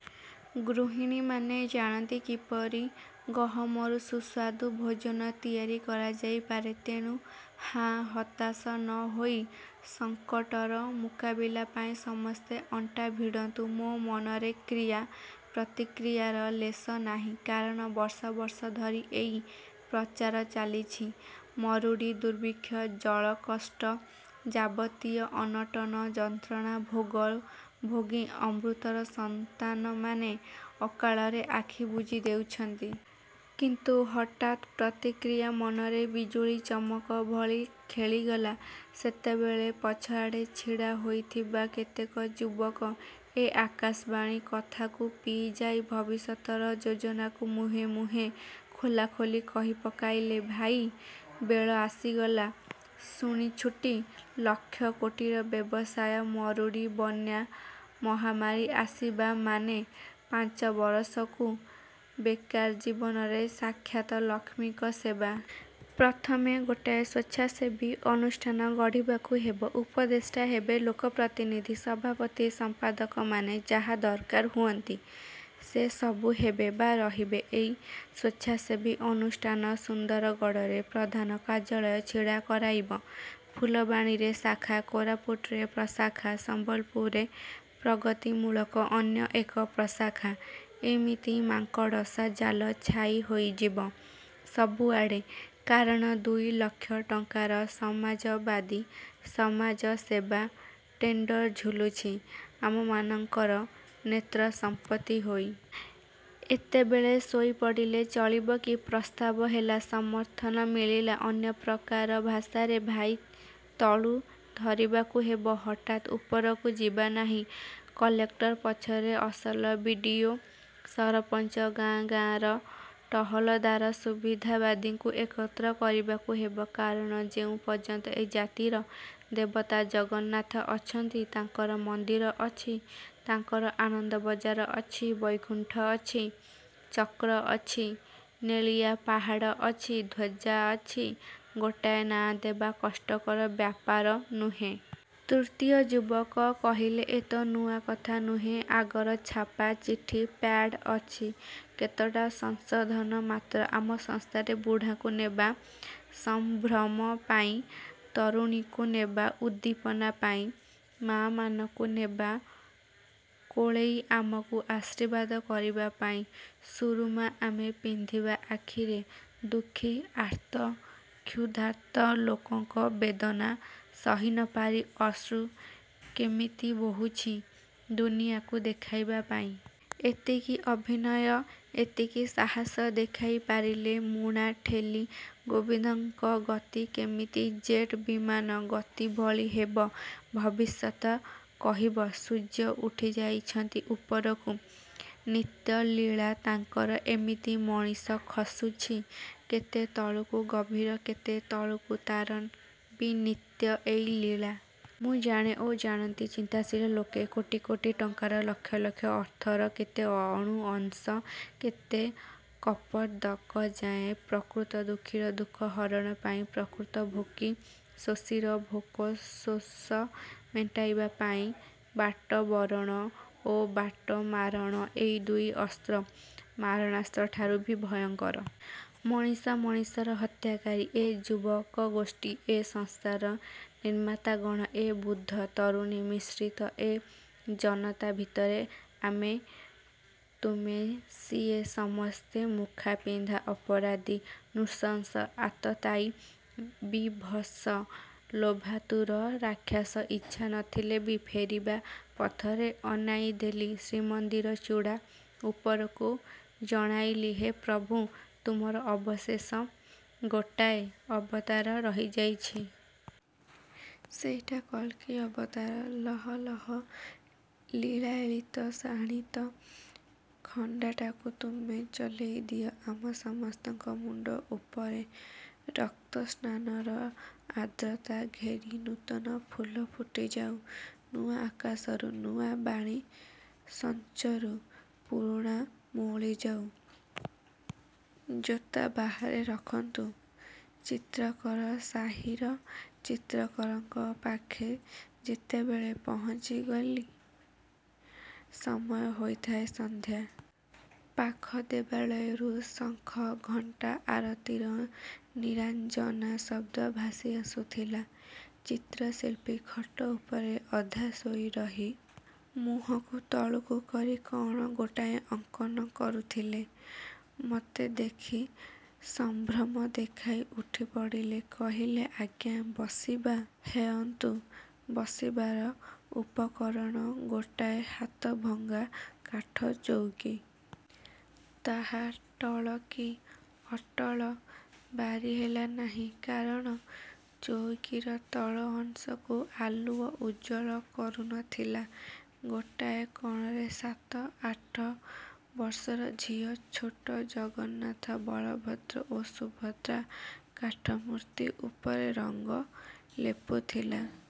ଗୃହିଣୀମାନେ ଜାଣନ୍ତି, କିପରି ଗହମରୁ ସୁସ୍ୱାଦୁ ଭୋଜନ ତିଆରି କରାଯାଇପାରେ। ତେଣୁ ହା ହତାଶ ନ ହୋଇ ସଂକଟର ମୁକାବିଲା ପାଇଁ ସମସ୍ତେ ଅଣ୍ଟା ଭିଡ଼ନ୍ତୁ। ମୋ ମନରେ କ୍ରିୟା ପ୍ରତିକ୍ରିୟାର ଲେଶ ନାହିଁ। କାରଣ ବର୍ଷ ବର୍ଷ ଧରି ଏଇ ପ୍ରଚାର ଚାଲିଛି। ମରୁଡ଼ି, ଦୁର୍ଭିକ୍ଷ, ଜଳକଷ୍ଟ ଯାବତୀୟ ଅନଟନ ଯନ୍ତ୍ରଣାଭୋଗ ଭୋଗି ଅମ୍ବୃତର ସନ୍ତାନମାନେ ଅକାଳରେ ଆଖି ବୁଜିଦେଉଛନ୍ତି। କିନ୍ତୁ ହଠାତ୍ ପ୍ରତିକ୍ରିୟା ମନରେ ବିଜୁଳି ଚମକ ଭଳି ଖେଳିଗଲା। ସେତେବେଳେ ପଛଆଡ଼େ ଛିଡ଼ା ହୋଇଥିବା କେତେକ ଯୁବକ ଏ ଆକାଶବାଣୀ କଥାକୁ ପିଇଯାଇ ଭବିଷ୍ୟତର ଯୋଜନାକୁ ମୁହେ ମୁହେ ଖୋଲାଖୋଲି କହିପକାଇଲେ– ଭାଇ! ବେଳ ଆସିଗଲା। ଶୁଣିଛୁଟି! ଲକ୍ଷ, କୋଟିର ବ୍ୟବସାୟ। ମରୁଡ଼ି, ବନ୍ୟା, ମହାମାରୀ ଆସିବା ମାନେ ପାଞ୍ଚବରଷକୁ ବେକାର ଜୀବନରେ ସାକ୍ଷାତ ଲକ୍ଷ୍ମୀଙ୍କ ସେବା। ପ୍ରଥମେ ଗୋଟାଏ ସ୍ୱେଚ୍ଛାସେବୀ ଅନୁଷ୍ଠାନ ଗଢ଼ିବାକୁ ହେବ। ଉପଦେଷ୍ଟା ହେବେ ଲୋକପ୍ରତିନିଧି। ସଭାପତି, ସମ୍ପାଦକମାନେ… ଯାହା ଦରକାର ହୁଅନ୍ତି, ସେ ସବୁ ହେବେ ବା ରହିବେ। ଏଇ ସ୍ୱେଚ୍ଛାସେବୀ ଅନୁଷ୍ଠାନ ସୁନ୍ଦରଗଡ଼ରେ ପ୍ରଧାନ କାର୍ଯ୍ୟାଳୟ ଛିଡ଼ା କରାଇବ। ଫୁଲବାଣୀରେ ଶାଖା, କୋରାପୁଟରେ ପ୍ରଶାଖା, ସମ୍ବଲପୁରରେ ପ୍ରଗତିମୂଳକ ଅନ୍ୟ ଏକ ପ୍ରଶାଖା–ଏମିତି ମାଙ୍କଡ଼ସା ଜାଲ ଛାଇ ହୋଇଯିବ ସବୁଆଡ଼େ; କାରଣ ଦୁଇଲକ୍ଷ ଟଙ୍କାର ସମାଜବାଦୀ ସମାଜସେବା ଟେଣ୍ଡର ଝୁଲୁଛି ଆମମାନଙ୍କର ନେତ୍ରସମ୍ପତ୍ତି ହୋଇ। ଏତେବେଳେ ଶୋଇପଡ଼ିଲେ ଚଳିବ କି? ପ୍ରସ୍ତାବ ହେଲା; ସମର୍ଥନ ମିଳିଲା ଅନ୍ୟପ୍ରକାର ଭାଷାରେ। ଭାଇ, ତଳୁ ଧରିବାକୁ ହେବ। ହଠାତ୍ ଉପରକୁ ଯିବାନାହିଁ। କଲେକ୍ଟର ପଛରେ… ଅସଲ ବି. ଡ଼ି. ଓ., ସରପଞ୍ଚ, ଗାଁଗାଁର ଟହଲଦାର ସୁବିଧାବାଦୀଙ୍କୁ ଏକତ୍ର କରିବାକୁ ହେବ। କାରଣ ଯେଉଁ ପର୍ଯ୍ୟନ୍ତ ଏ ଜାତିର ଦେବତା ଜଗନ୍ନାଥ ଅଛନ୍ତି, ତାଙ୍କର ମନ୍ଦିର ଅଛି, ତାଙ୍କର ଆନନ୍ଦବଜାର ଅଛି, ବୈକୁଣ୍ଠ ଅଛି, ଚକ୍ର ଅଛି, ନେଳିଆ ପାହାଡ଼ ଅଛି, ଧ୍ଵଜା ଅଛି, ଗୋଟାଏ ନାଁଦେବା କଷ୍ଟକର ବ୍ୟାପାର ନୁହେଁ। ତୃତୀୟ ଯୁବକ କହିଲେ–ଏ ତ ନୂଆ କଥା ନୁହେଁ! ଆଗର ଛାପା ଚିଠି ପ୍ୟାଡ଼୍ ଅଛି-କେତଟା ସଂଶୋଧନ ମାତ୍ର। ଆମ ସଂସ୍ଥାରେ ବୁଢ଼ାକୁ ନେବା ସଂଭ୍ରମ ପାଇଁ, ତରୁଣୀକୁ ନେବା ଉଦ୍ଦୀପନା ପାଇଁ, ମାଆମାନକୁ ନେବା କୋଳେଇ ଆମକୁ ଆଶୀର୍ବାଦ କରିବା ପାଇଁ। ସୁରୁମା ଆମେ ପିନ୍ଧିବା ଆଖିରେ, ଦୁଃଖୀ ଆର୍ତ୍ତ କ୍ଷୂଧାର୍ତ୍ତ ଲୋକଙ୍କ ବେଦନା ସହିନପାରି ଅଶ୍ରୁ କିମିତି ବୋହୁଛି ଦୁନିଆକୁ ଦେଖାଇବା ପାଇଁ। ଏତିକି ଅଭିନୟ, ଏତିକି ସାହାସ ଦେଖାଇପାରିଲେ ମୁଣା ଠେଲି ଗୋବିନ୍ଦଙ୍କ ଗତି କେମିତି ଜେଟ୍ ବିମାନ ଗତି ଭଳି ହେବ ଭବିଷ୍ୟତ କହିବ। ସୂର୍ଯ୍ୟ ଉଠିଯାଇଛନ୍ତି ଉପରକୁ। ନିତ୍ୟଲୀଳା ତାଙ୍କର ଏମିତି। ମଣିଷ ଖସୁଛି କେତେ ତଳକୁ–ଗଭୀର କେତେ ତଳକୁ–ତାର ବି ନିତ୍ୟ ଏଇ ଲୀଳା। ମୁଁ ଜାଣେ ଓ ଜାଣନ୍ତି ଚିନ୍ତାଶୀଳ ଲୋକେ, କୋଟି କୋଟି ଟଙ୍କାର, ଲକ୍ଷ ଲକ୍ଷ ଅର୍ଥର କେତେ ଅ ଅଣୁ ଅଂଶ, କେତେ କପର୍ଦ୍ଦକ ଯାଏଁ ପ୍ରକୃତ ଦୁଃଖୀର ଦୁଃଖ ହରଣ ପାଇଁ, ପ୍ରକୃତ ଭୋକୀ ଶୋଷୀର ଭୋକ ଶୋଷ ମେଣ୍ଟାଇବା ପାଇଁ। ବାଟବରଣ ଓ ବାଟମାରଣ ଏଇ ଦୁଇ ଅସ୍ତ୍ର ମାରଣାସ୍ତ୍ରଠାରୁ ବି ଭୟଙ୍କର। ମଣିଷ ମଣିଷର ହତ୍ୟାକାରୀ। ଏ ଯୁବକଗୋଷ୍ଠୀ, ଏ ସଂସ୍ଥାର ନିର୍ମାତାଗଣ, ଏ ବୁଦ୍ଧ-ତରୁଣୀ-ମିଶ୍ରିତ ଏ ଜନତା ଭିତରେ ଆମେ, ତୁମେ, ସିଏ-ସମସ୍ତେ ମୁଖାପିନ୍ଧା ଅପରାଧୀ। ନୃଶଂସ ଆତତାୟୀ–ବୀଭସ ଲୋଭାତୁର ରାକ୍ଷାସ। ଇଚ୍ଛା ନଥିଲେ ବି ଫେରିବା ପଥରେ ଅନାଇଁଦେଲି ଶ୍ରୀମନ୍ଦିର ଚୂଡ଼ା ଉପରକୁ। ଜଣାଇଲି–ହେ ପ୍ରଭୁ, ତୁମର ଅବଶେଷ ଗୋଟାଏ ଅବତାର ରହିଯାଇଛି। ସେଇଟା କଳ୍କୀ ଅବତାର! ଲହ ଲହ ଲୀଳାୟିତ ଶାଣିତ ଖଣ୍ଡାଟାକୁ ତୁମେ ଚଲେଇଦିଅ ଆମ ସମସ୍ତଙ୍କ ମୁଣ୍ଡ ଉପରେ। ରକ୍ତସ୍ନାନର ଆଦ୍ରତା ଘେନି ନୂତନ ଫୁଲ ଫୁଟିଯାଉ। ନୂଆ ଆକାଶରୁ ନୂଆ ବାଣୀ ସଂଚରୁ। ପୁରୁଣା ମଉଳିଯାଉ। ଜୋତା ବାହାରେ ରଖନ୍ତୁ ଚିତ୍ରକରସାହିର ଚିତ୍ରକରଙ୍କ ପାଖେ ଯେତେବେଳେ ପହଞ୍ଚିଗଲି, ସମୟ ହୋଇଥାଏ ସନ୍ଧ୍ୟା। ପାଖ ଦେବାଳୟରୁ ଶଙ୍ଖ, ଘଣ୍ଟା ଆରତିର ନିରାଞ୍ଜନା ଶଦ୍ଦ ଭାସିଆସୁଥିଲା। ଚିତ୍ରଶିଳ୍ପୀ ଖଟ ଉପରେ ଅଧା ଶୋଇରହି ମୁହଁକୁ ତଳକୁ କରି କଅଣ ଗୋଟାଏ ଅଙ୍କନ କରୁଥିଲେ। ମତେ ଦେଖି ସଂଭ୍ରମ ଦେଖାଇ ଉଠିପଡ଼ିଲେ। କହିଲେ–ଆଜ୍ଞା, ବସିବା ହେଅନ୍ତୁ। ବସିବାର ଉପକରଣ ଗୋଟାଏ ହାତଭଙ୍ଗା କାଠଚୌକି। ତାହା ଟଳ କି। ଅଟଳ ବାରିହେଲାନାହିଁ; କାରଣ ଚୌକିର ତଳ ଅଂଶକୁ ଆଲୁଅ ଉଜ୍ଜ୍ଵଳ କରୁନଥିଲା। ଗୋଟାଏ କଣରେ ସାତ ଆଠ ବର୍ଷର ଝିଅ ଛୋଟ ଜଗନ୍ନାଥ, ବଳଭଦ୍ର ଓ ସୁଭଦ୍ରା କାଠମୂର୍ତ୍ତି ଉପରେ ରଙ୍ଗ ଲେପୁଥିଲା-।